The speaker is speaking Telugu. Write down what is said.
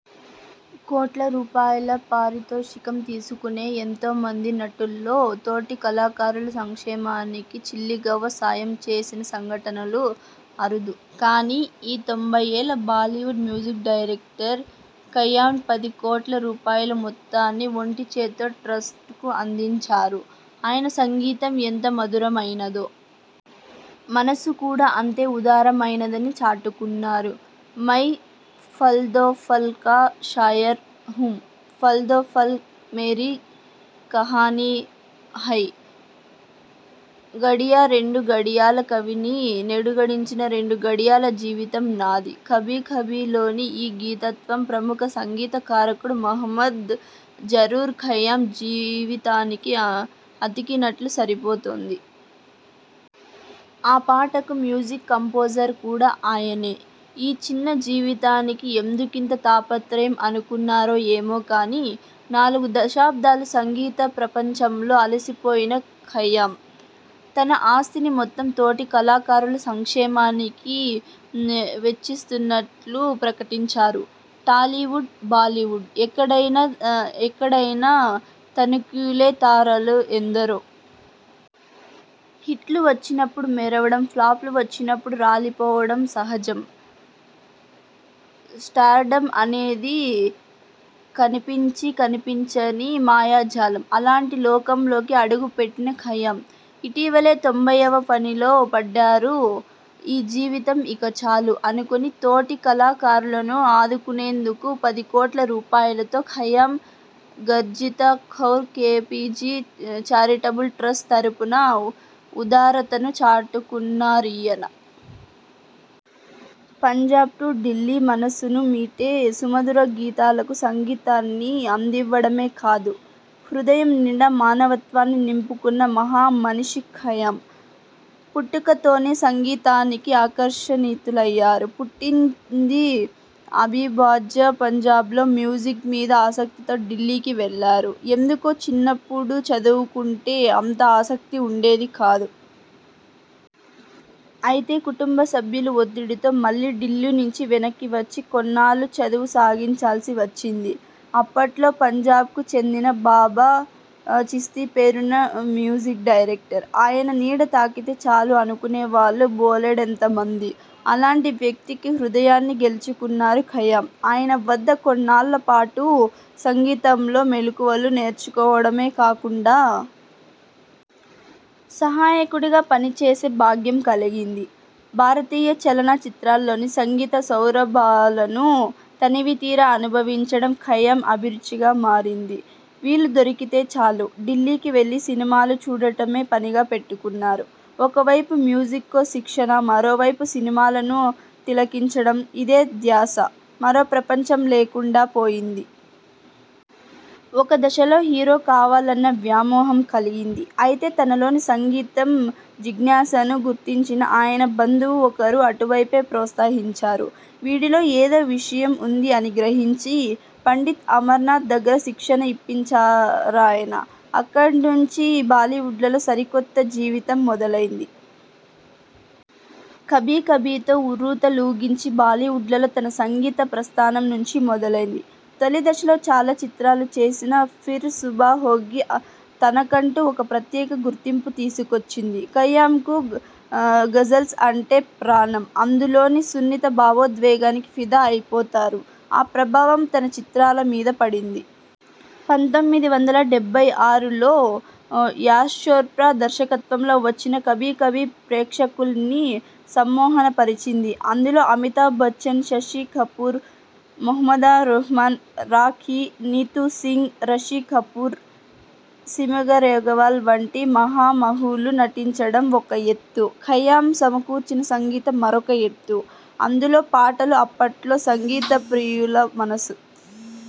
కోట్ల రూపాయల పారితోషికం తీసుకునే ఎంతోమంది నటుల్లో.. తోటి కళాకారుల సంక్షేమానికి చిల్లిగవ్వ సాయం చేసిన సంఘటనలు అరుదు. కానీ.. ఈ తొంభైఏళ్ల బాలీవుడ్ మ్యూజిక్ డైరెక్టర్ ఖయ్యామ్ పది కోట్ల రూపాయల మొత్తాన్ని ఒంటి చేత్తో ట్రస్ట్కు అందించారు. ఆయన సంగీతం ఎంత మధురమైనదో.. మనసు కూడా అంతే ఉదారమైనదని చాటుకున్నారు.. ''మై పల్ దో పల్ కా శాయర్ హూఁ.. పల్ దో పల్ మేరీ కహానీ హై.. ''''ఘడియ రెండు ఘడియల కవిని నేనుఘడియ రెండు ఘడియల జీవితం నాది.. '' 'కభీ కభీ'లోని ఈ గీతతత్వం ప్రముఖ సంగీత కారుడు మహమ్మద్ జహూర్ ఖయ్యామ్ జీవితానికి అతికినట్లు సరిపోతుంది. ఆ పాటకు మ్యూజిక్ కంపోజర్ కూడా ఆయనే! ఈ చిన్న జీవితానికి ఎందుకింత తాపత్రయం అనుకున్నారో ఏమో కానీ.. నాలుగు దశాబ్ధాలు సంగీత ప్రపంచంలో అలసిపోయిన ఖయ్యామ్.. తన ఆస్తిని మొత్తం తోటి కళాకారుల సంక్షేమానికి వెచ్చిస్తున్నట్లు ప్రకటించారు. టాలీవుడ్, బాలీవుడ్.. ఎక్కడైనా ఎక్కడైనా తణుకులీనే తారలు ఎందరో! హిట్లు వచ్చినప్పుడు మెరవడం, ఫ్లాప్లు వచ్చినప్పుడు రాలిపోవడం సహజం. స్టార్డమ్ అనేది కనిపించీ కనిపించని మాయాజాలం. అలాంటి లోకంలోకి అడుగుపెట్టిన ఖయ్యామ్.. ఇటీవలే తొంభైయ్యవ పనిలో పడ్డారు ఈ జీవితం ఇక చాలు.. అనుకుని తోటి కళాకారులను ఆదుకునేందుకు పదికోట్ల రూపాయలతో ''Khayyam Jagjit Kaur KPG charitable trust' తరఫున ఉదారతను చాటుకున్నారీయన. పంజాబ్ టు ఢిల్లీమనసును మీటే సుమధుర గీతాలకు సంగీతాన్ని అందివ్వడమే కాదు.. హృదయం నిండా మానవత్వాన్ని నింపుకున్న మహామనిషి ఖయ్యామ్. పుట్టుకతోనే సంగీతానికి ఆకర్షితులయ్యారు. పుట్టింది అవిభాజ్య పంజాబ్లో. మ్యూజిక్ మీద ఆసక్తితో ఢిల్లీకి వెళ్లారు. ఎందుకో చిన్నప్పుడు చదువంటే అంత ఆసక్తి ఉండేది కాదు. అయితే కుటుంబసభ్యుల ఒత్తిడితో మళ్లీ ఢిల్లీ నుంచి వెనక్కి వచ్చి.. కొన్నాళ్లు చదువుసాగించాల్సి వచ్చింది. అప్పట్లో పంజాబ్కు చెందిన బాబా చిస్తీ పేరున్న మ్యూజిక్ డైరెక్టర్. ఆయన నీడ తాకితే చాలు అనుకునేవాళ్లు బోలెడంతమంది. అలాంటి వ్యక్తి హృదయాన్ని గెలుచుకున్నారు ఖయ్యామ్. ఆయన వద్ద కొన్నాళ్ల పాటు సంగీతంలో మెళకువలు నేర్చుకోవడమే కాకుండా.. సహాయకుడిగా పనిచేసే భాగ్యం కలిగింది. భారతీయ చలన చిత్రాల్లోని సంగీత సౌరభాలను తనివితీరా అనుభవించడం ఖయ్యామ్ అభిరుచిగా మారింది. వీలుదొరికితే చాలు, ఢిల్లీకి వెళ్లి సినిమాలు చూడటమే పనిగా పెట్టుకున్నారు. ఒకవైపు మ్యూజిక్లో శిక్షణ, మరోవైపు సినిమాలను తిలకించడం. ఇదే ధ్యాస. మరో ప్రపంచం లేకుండా పోయింది. ఒక దశలో హీరో కావాలన్న వ్యామోహం కలిగింది. అయితే తనలోని సంగీత జిజ్ఞాసను గుర్తించిన ఆయన బంధువు ఒకరు అటువైపే ప్రోత్సహించారు. 'వీడిలో ఏదో విషయం ఉంది' అని గ్రహించి.. పండిట్ అమర్నాథ్ దగ్గర శిక్షణ ఇప్పించారాయన. అక్కడి నుంచే బాలీవుడ్లో సరికొత్త జీవితం మొదలైంది. 'కభీ కభీ'తో ఉర్రూతలూగించి.. బాలీవుడ్లో తన సంగీత ప్రస్థానం నుంచి మొదలైంది. తొలిదశలో చాలా చిత్రాలు చేసినా.. 'ఫిర్ సుభా హోగి' తనకంటూ ఒక ప్రత్యేక గుర్తింపు తీసుకొచ్చింది. ఖయ్యామ్కు గజల్స్ అంటే ప్రాణం. అందులోని సున్నిత భావోద్వేగానికి ఫిదా అయిపోతారు. ఆ ప్రభావం తన చిత్రాల మీద పడింది. పంతొమ్మిది వందల డెబ్బై ఆరులో యాష్చోప్రా దర్శకత్వంలో వచ్చిన 'కభీ కభీ' ప్రేక్షకుల్ని సమ్మోహనపరిచింది. అందులో అమితాబ్బచ్చన్, శశికపూర్, వహీదారెహ్మాన్, రాఖీ, నీతూసింగ్, రిషికపూర్, సిమీగరేవల్ వంటి మహామహులు నటించటం ఒక ఎత్తు. ఖయ్యామ్ సమకూర్చిన సంగీతం మరొక ఎత్తు. అందులోని పాటలు అప్పట్లో సంగీతప్రియుల మనసు